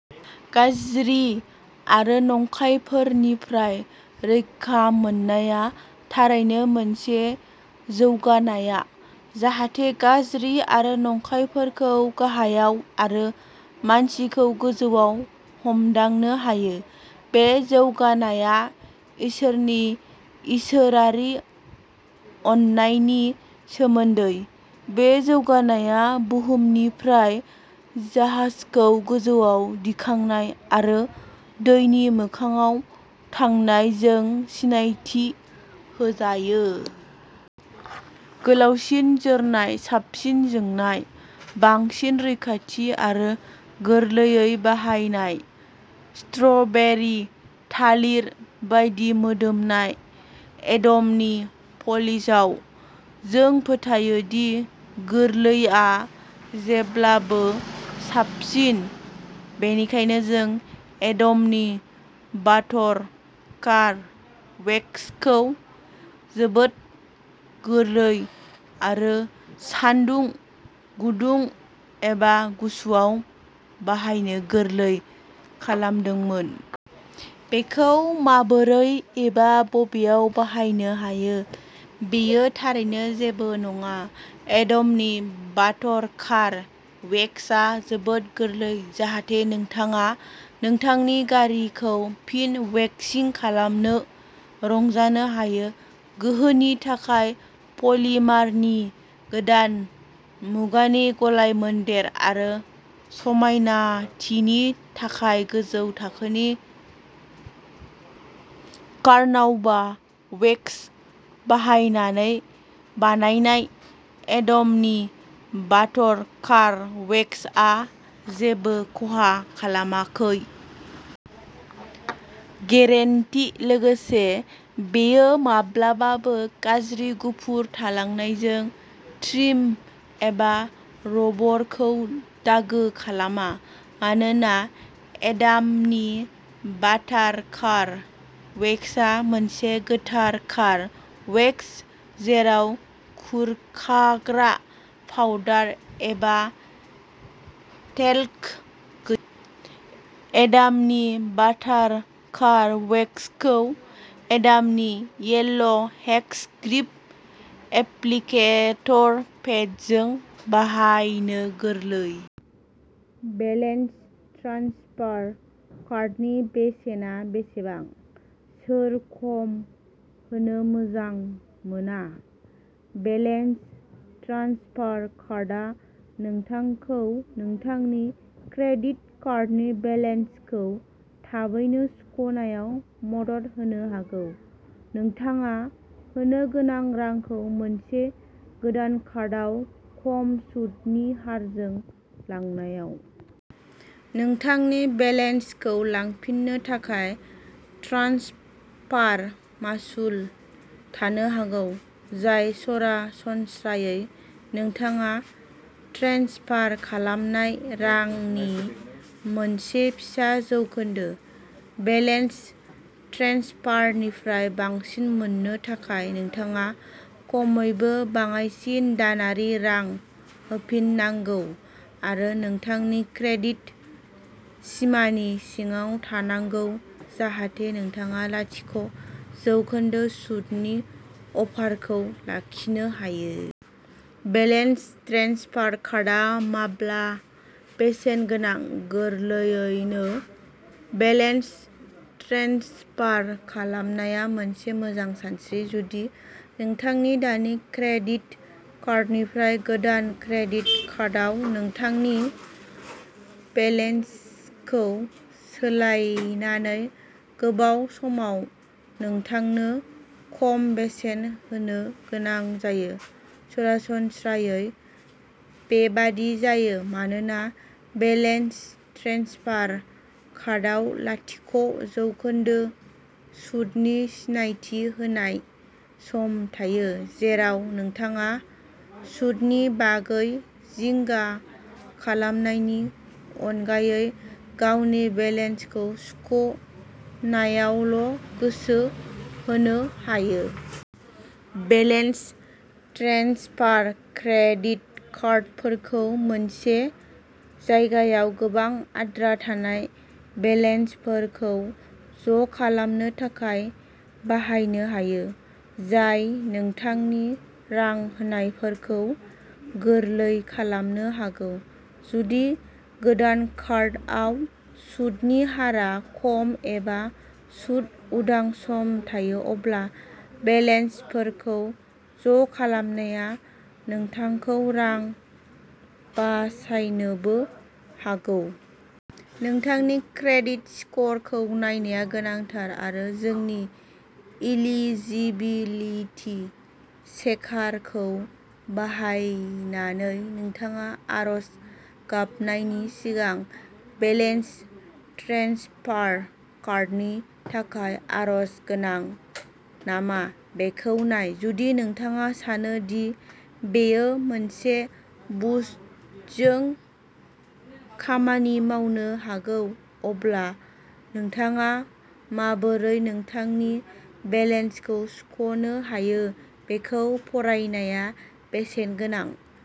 गाज्रि आरो नंखायफोरनिफ्राय रैखा मोननाया थारैनो मोनसे जौगानाया, जाहाथे गाज्रि आरो नंखायफोरखौ गाहायाव आरो मानसिखौ गोजौआव हमदांनो हायो। बे जौगानाया इसोरनि इसोरारि अननायनि सोमोन्दै। बे जौगानाया बुहुमनिफ्राय जाहाजखौ गोजौआव दिखांनाय, आरो दैनि मोखांआव थांनाय जों सिनायथि होजायो। गोलावसिन जोरनाय, साबसिन जोंनाय, बांसिन रैखाथि आरो गोरलैयै बाहायनाय। स्ट्रबेरि थालिर बायदि मोदोमनाय एडमनि पलिशआव, जों फोथायो दि गोरलैआ जेब्लाबो साबसिन। बेनिखायनो जों एडमनि बाटर कार वेक्सखौ जोबोद गोरलै आरो सानदुं, गुदुं एबा गुसुआव बाहायनो गोरलै खालामदोंमोन। बेखौ माबोरै एबा बबेयाव बाहायनो हायो, बेयो थारैनो जेबो नङा, एडमनि बाटर कार वेक्सआ जोबोद गोरलै, जाहाथे नोंथाङा नोंथांनि गारिखौ फिन वैक्सिं खालामनो रंजानो हायो। गोहोनि थाखाय पलिमारनि गोदान मुगानि गलायमोन्देर आरो समायनाथिनि थाखाय गोजौ थाखोनि कार्नाउबा वेक्स बाहायनानै बानायनाय, एडमनि बाटर कार वेक्सआ जेबो खहा खालामाखै। गेरेन्टि लोगोसे, बेयो। माब्लाबाबो गाज्रि गुफुर थालांनायजों ट्रिम एबा रबरखौ दागो खालामा। मानोना एडामनि बाटार कार वेक्सआ मोनसे गोथार कार वेक्स जेराव खुरखाग्रा पाउडार एबा टेल्क गो। एडामनि बाटार कार वेक्सखौ एडामनि येल्ल' हेक्स ग्रिप एप्लिकेटर पेडजों बाहायनो गोरलै। बेलेन्स ट्रेन्सफार कार्डनि बेसेना बेसेबां? सोर खम होनो मोजां मोना? बेलेन्स ट्रेन्सफार कार्डआ नोंथांखौ नोंथांनि क्रेडिट कार्डनि बेलेन्सखौ थाबैनो सुख'नायाव मदद होनो हागौ, नोंथाङा होनो गोनां रांखौ मोनसे गोदान कार्डआव खम सुतनि हारजों लांनायाव। नोंथांनि बेलेन्सखौ लांफिननो थाखाय, ट्रेन्सफार मासुल थानो हागौ, जाय सरासनस्रायै नोंथाङा ट्रेन्सफार खालामनाय रांनि मोनसे फिसा जौखोन्दो। बेलेन्स ट्रेन्सफारनिफ्राय बांसिन मोननो थाखाय, नोंथाङा खमैबो बाङाइसिन दानारि रां होफिननांगौ आरो नोंथांनि क्रेडिट सिमानि सिङाव थानांगौ जाहाथे नोंथाङा लाथिक' जौखोन्दो सुतनि अफारखौ लाखिनो हायो। बेलेन्स ट्रेन्सफार कार्डआ माब्ला बेसेन गोनां? गोरलैयैनो, बेलेन्स ट्रेन्सफार खालामनाया मोनसे मोजां सानस्रि, जुदि नोंथांनि दानि क्रेडिट कार्डनिफ्राय गोदान क्रेडिट कार्डआव नोंथांनि बेलेन्सखौ सोलायनानै गोबाव समाव नोंथांनो खम बेसेन होनो गोनां जायो। सरासनस्रायै बेबादि जायो मानोना बेलेन्स ट्रेन्सफार कार्डआव लाथिक' जौखोन्दो सुतनि सिनायथि होनाय सम थायो, जेराव नोंथाङा सुतनि बागै जिंगा खालामनायनि अनगायै गावनि बेलेन्सखौ सुख' नायावल' गोसो होनो हायो। बेलेन्स ट्रेन्सफार क्रेडिट कार्डफोरखौ मोनसे जायगायाव गोबां आद्रा थानाय बेलेन्सफोरखौ ज'खालामनो थाखाय बाहायनो हायो, जाय नोंथांनि रां होनायफोरखौ गोरलै खालामनो हागौ। जुदि गोदान कार्डआव सुतनि हारआ खम एबा सुत उदां सम थायो, अब्ला बेलेन्सफोरखौ ज'खालामनाया नोंथांखौ रां बासायनोबो हागौ। नोंथांनि क्रेडिट स्करखौ नायनाया गोनांथार आरो जोंनि इलिजिबिलिटि चेकारखौ बाहायनानै नोंथाङा आर'ज गाबनायनि सिगां बेलेन्स ट्रेन्सफार कार्डनि थाखाय आर'ज गोनां नामा बेखौ नाय। जुदि नोंथाङा सानो दि बेयो मोनसे बुस्टजों खामानि मावनो हागौ, अब्ला नोंथाङा माबोरै नोंथांनि बेलेन्सखौ सुख'नो हायो बेखौ फरायनाया बेसेन गोनां।